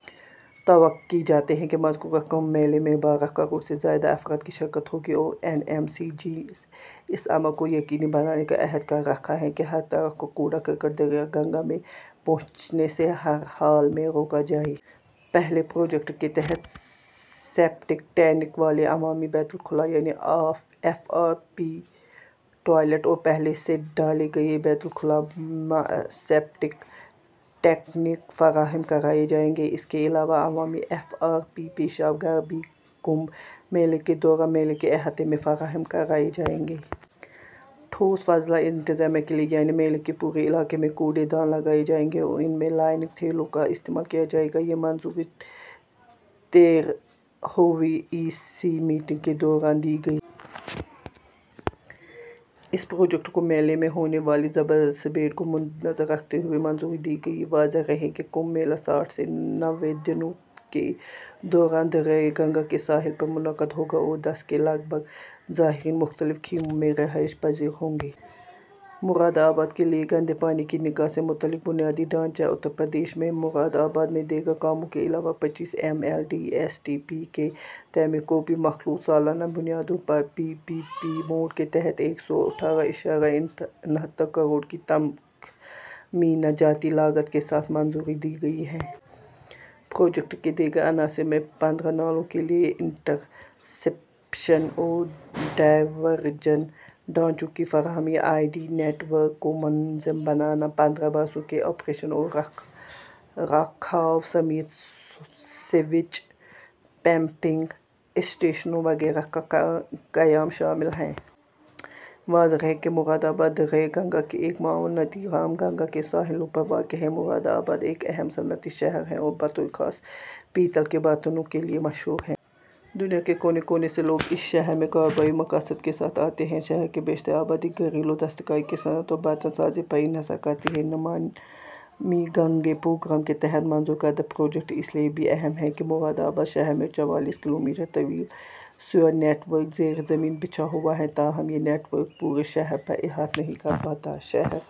توقع کی جاتی ہے کہ مذکورہ کمبھ میلے میں بارہ کروڑ سے زائد افراد کی شرکت ہوگی اور این ایم سی جی نے اس امر کو یقینی بنانے کا عہد کر رکھا ہے کہ ہر طرح کا کوڑا کرکٹ دریائے گنگا میں پہنچنے سے ہر حال میں روکا جائے۔ پہلے پروجیکٹ کے تحت سیپٹک ٹینک والے عوامی بیت الخلاء، یعنی ایف آر پی ٹوائلٹ اور پہلے سے ڈھالے گئے بیت الخلاء مع سیپٹک ٹینک فراہم کرائے جائیں گے۔ اس کے علاوہ عوامی ایف آر پی پیشاب گھر بھی کمبھ میلے کے دوران میلے کے احاطے میں فراہم کرائے جائیں گے۔ ٹھوس فضلہ انتظام کے لیے، یعنی میلے کے پورے علاقے میں کوڑے دان لگائے جائیں گے اور ان میں لائننگ تھیلوں کا استعمال کیا جائے گا۔ یہ منظوری تیرہویں ای سی میٹنگ کے دوران دی گئی ہے۔ اس پروجیکٹ کو میلے میں ہونے والی زبردست بھیڑ کو مدنظر رکھتے ہوئے منظوری دی گئی ہے۔ واضح رہے کہ کمبھ میلہ ساٹھ سے نوے دنوں کے دوران دریائے گنگا کے ساحل پر منعقد ہوگا اور دس کے لگ بھگ زائرین مختلف خیموں میں رہائش پذیر ہوں گے۔ مرادآباد کے لیے گندے پانی کی نکاسی سے متعلق بنیادی ڈھانچہ اترپردیش میں مرادآباد میں دیگر کاموں کے علاوہ پچیس M L D S T P کے تعمیر کو بھی مخلوط سالانہ بنیادوں پر پی پی پی موڈ کے تحت ایک سو اٹھارہ اعشاریہ انہتر کروڑ کی تخمینہ جاتی لاگت کے ساتھ منظوری دی گئی ہے۔ پروجیکٹ کے دیگر عناصر میں پندرہ نالوں کے لیے انٹرسیپشن اور ڈائیورژن ڈھانچوں کی فراہمی، آئی ڈی نیٹ ورک کو منظم بنانا، پندرہ برسوں کے آپریشن اور رکھ رکھاؤ سمیت سیویج پمپنگ اسٹیشنوں وغیرہ کا قیام شامل ہے۔ واضح رہے کہ مرادآباد دریائے گنگا کی ایک معاون ندی رام گنگا کے ساحلوں پر واقع ہے۔ مرادآباد ایک اہم صنعتی شہر ہے اور بطورِ خاص پیتل کے برتنوں کے لیے مشہور ہے۔ دنیا کے کونے کونے سے لوگ اس شہر میں کاروباری مقاصد کے ساتھ آتے ہیں۔ شہر کی بیشتر آبادی، گھریلو دستکاری کی صنعت اور برتن سازی پر انحصار کرتی ہے۔ نمامی گنگے پروگرام کے تحت منظور کردہ پروجیکٹ اس لیے بھی اہم ہے کہ مرادآباد شہر میں چوالیس کلومیٹر طویل سیور نیٹ ورک زیرِ زمین بچھا ہوا ہے، تاہم یہ نیٹ ورک پورے شہر پر احاطہ نہیں کر پاتا۔ شہر...